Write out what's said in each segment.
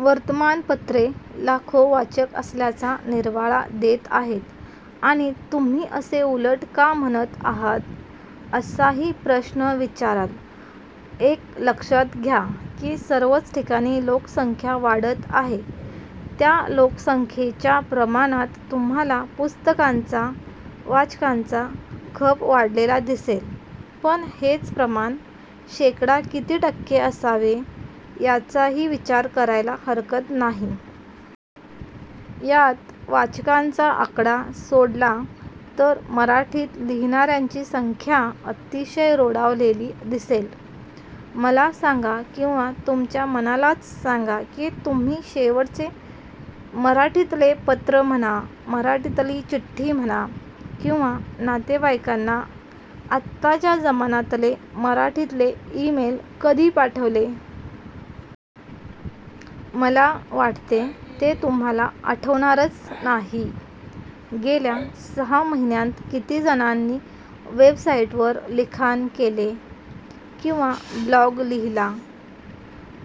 वर्तमानपत्रे लाखो वाचक असल्याचा निर्वाळा देत आहेत आणि तुम्ही असे उलट का म्हणत आहात असाही प्रश्न विचाराल. एक लक्षात घ्या, की सर्वच ठिकाणी लोकसंख्या वाढत आहे. त्या लोकसंख्येच्या प्रमाणात तुम्हाला पुस्तकांचा, वाचकांचा खप वाढलेला दिसेल, पण हेच प्रमाण शेकडा किती टक्के असावे त्याचाही विचार करायला हरकत नाही. यात वाचकांचा आकडा सोडला तर मराठीत लिहीणार्यांची संख्या अतिशय रोडावलेली दिसेल. मला सांगा किंवा तुमच्या मनालाच सांगा की तुम्ही शेवटचे मराठीतले पत्र म्हणा, मराठीतली चिठ्ठी म्हणा किंवा नातेवाईकांना आताच्या जमानातले मराठीतले ईमेल कधी पाठवले? मला वाटते ते तुम्हाला आठवणारच नाही. गेल्या सहा महिन्यांत किती जणांनी वेबसाईटवर लिखाण केले? किंवा ब्लॉग लिहीला?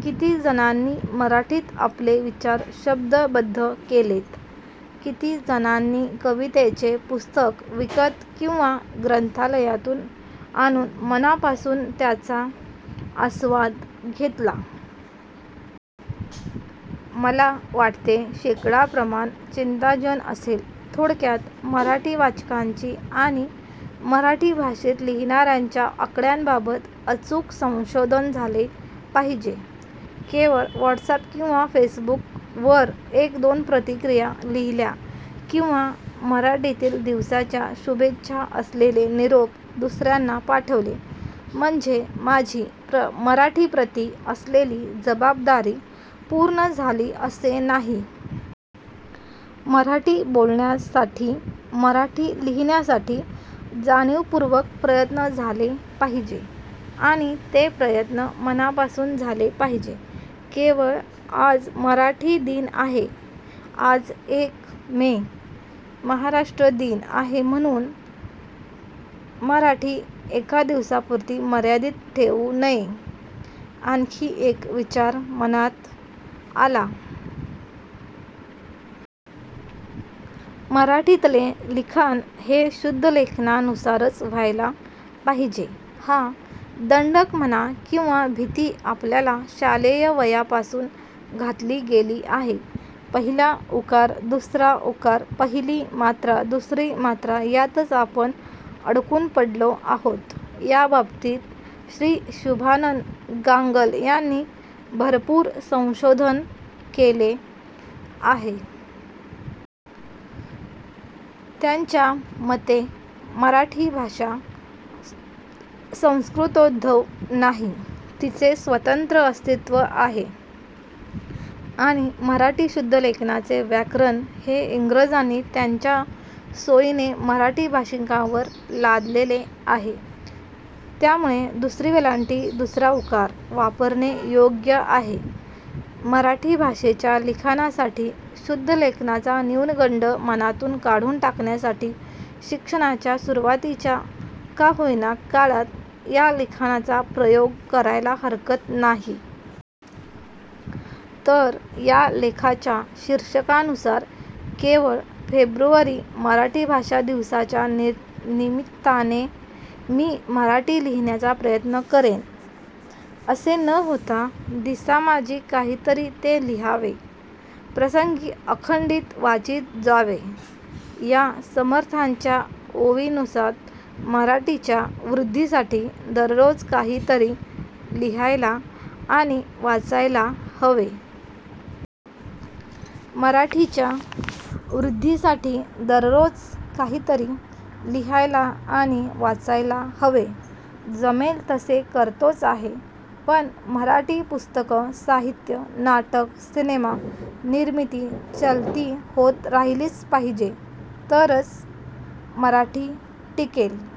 किती जणांनी मराठीत आपले विचार शब्दबद्ध केलेत? किती जाणांनी कवितेचे पुस्तक विकत किंवा ग्रंथालयातून आणून मनापासून त्याचा आस्वाद घेतला? मला वाटते शेकडा प्रमाण चिंताजन असेल. थोडक्यात मराठी वाचकांची आणि मराठी भाषेत लिहीणार्यांच्या आकड्यांबाबत अचूक संशोधन झाले पाहिजे. केवळ व्हाटसअॅप किंवा फेसबूकवर एक दोन प्रतिक्रीया लिहील्या किंवा मराठीतील दिवसाच्या शुभेच्छा असलेले निरोप दुसर्यांना पाठवले म्हणजे माझी मराठीप्रती असलेली जबाबदारी पूर्ण झाली असे नाही. मराठी बोलण्यासाठी, मराठी लिहीण्यासाठी जाणीवपूर्वक प्रयत्न झाले पाहिजे. आणि ते प्रयत्न मनापासून झाले पाहिजे. केवळ आज मराठी दिन आहे, आज एक मे, महाराष्ट्र दिन आहे म्हणून मराठी एका दिवसापुरती मर्यादित ठेवू नये. आणखी एक विचार मनात आला. मराठीतले लिखाण हे शुद्धलेखनानुसारच व्हायला पाहिजे हा दंडक म्हणा किंवा भिती आपल्याला शालेय वयापासून घातली गेली आहे. पहिला उकार, दुसरा उकार, पहिली मात्रा दुसरी मात्रा यातच आपण अडकून पडलो आहोत. याबाबतीत श्री. शुभानन गांगल यांनी भरपुर संशोधन केले आहे. त्यांच्या मते मराठी भाषा संस्कृतोद्भव नाही. तिचे स्वतंत्र अस्तित्व आहे. आणि मराठी शुद्धलेखनाचे व्याकरण हे इंग्रजांनी त्यांच्या सोईने मराठी भाषीकांवर लादलेले आहे. त्यामुळे दुसरी वेलांटी, दुसरा उकार वापरणे योग्य आहे. मराठी भाषेच्या लिखाणासाठी, शुद्धलेखनाचा न्युनगंड मनातून काढून टाकण्यासाठी शिक्षणाच्या सुरूवातीच्या का होईना काळात या लिखाणाचा प्रयोग करायला हरकत नाही. तर या लेखाच्या शिर्षकानुसार केवळ " फेब्रुवरी, मराठी भाषा दिवसाच्या निमित्तानेमी मराठी लिहीण्याचा प्रयत्न करेन" असे न होता "दिसामाजी काहीतरी ते लिहावे। प्रसंगी अखंडित वाचीत जावे", या समर्थांच्या ओवीनुसात मराठीच्या वृद्धीसाठी दररोज काहीतरी लिहायला आणि वाचायला हवे. मराठीच्या वृद्धीसाठी दररोज काहीतरी लिहायला आणि वाचायला हवे. >> जमेल तसे करतोच आहे! पण मराठी पुस्तकं ाहित्य, नाटक, सिनेमा निर्मिती-चलती होत राहिलीच पाहिजे तरच 'मराठी' टिकेल <- असं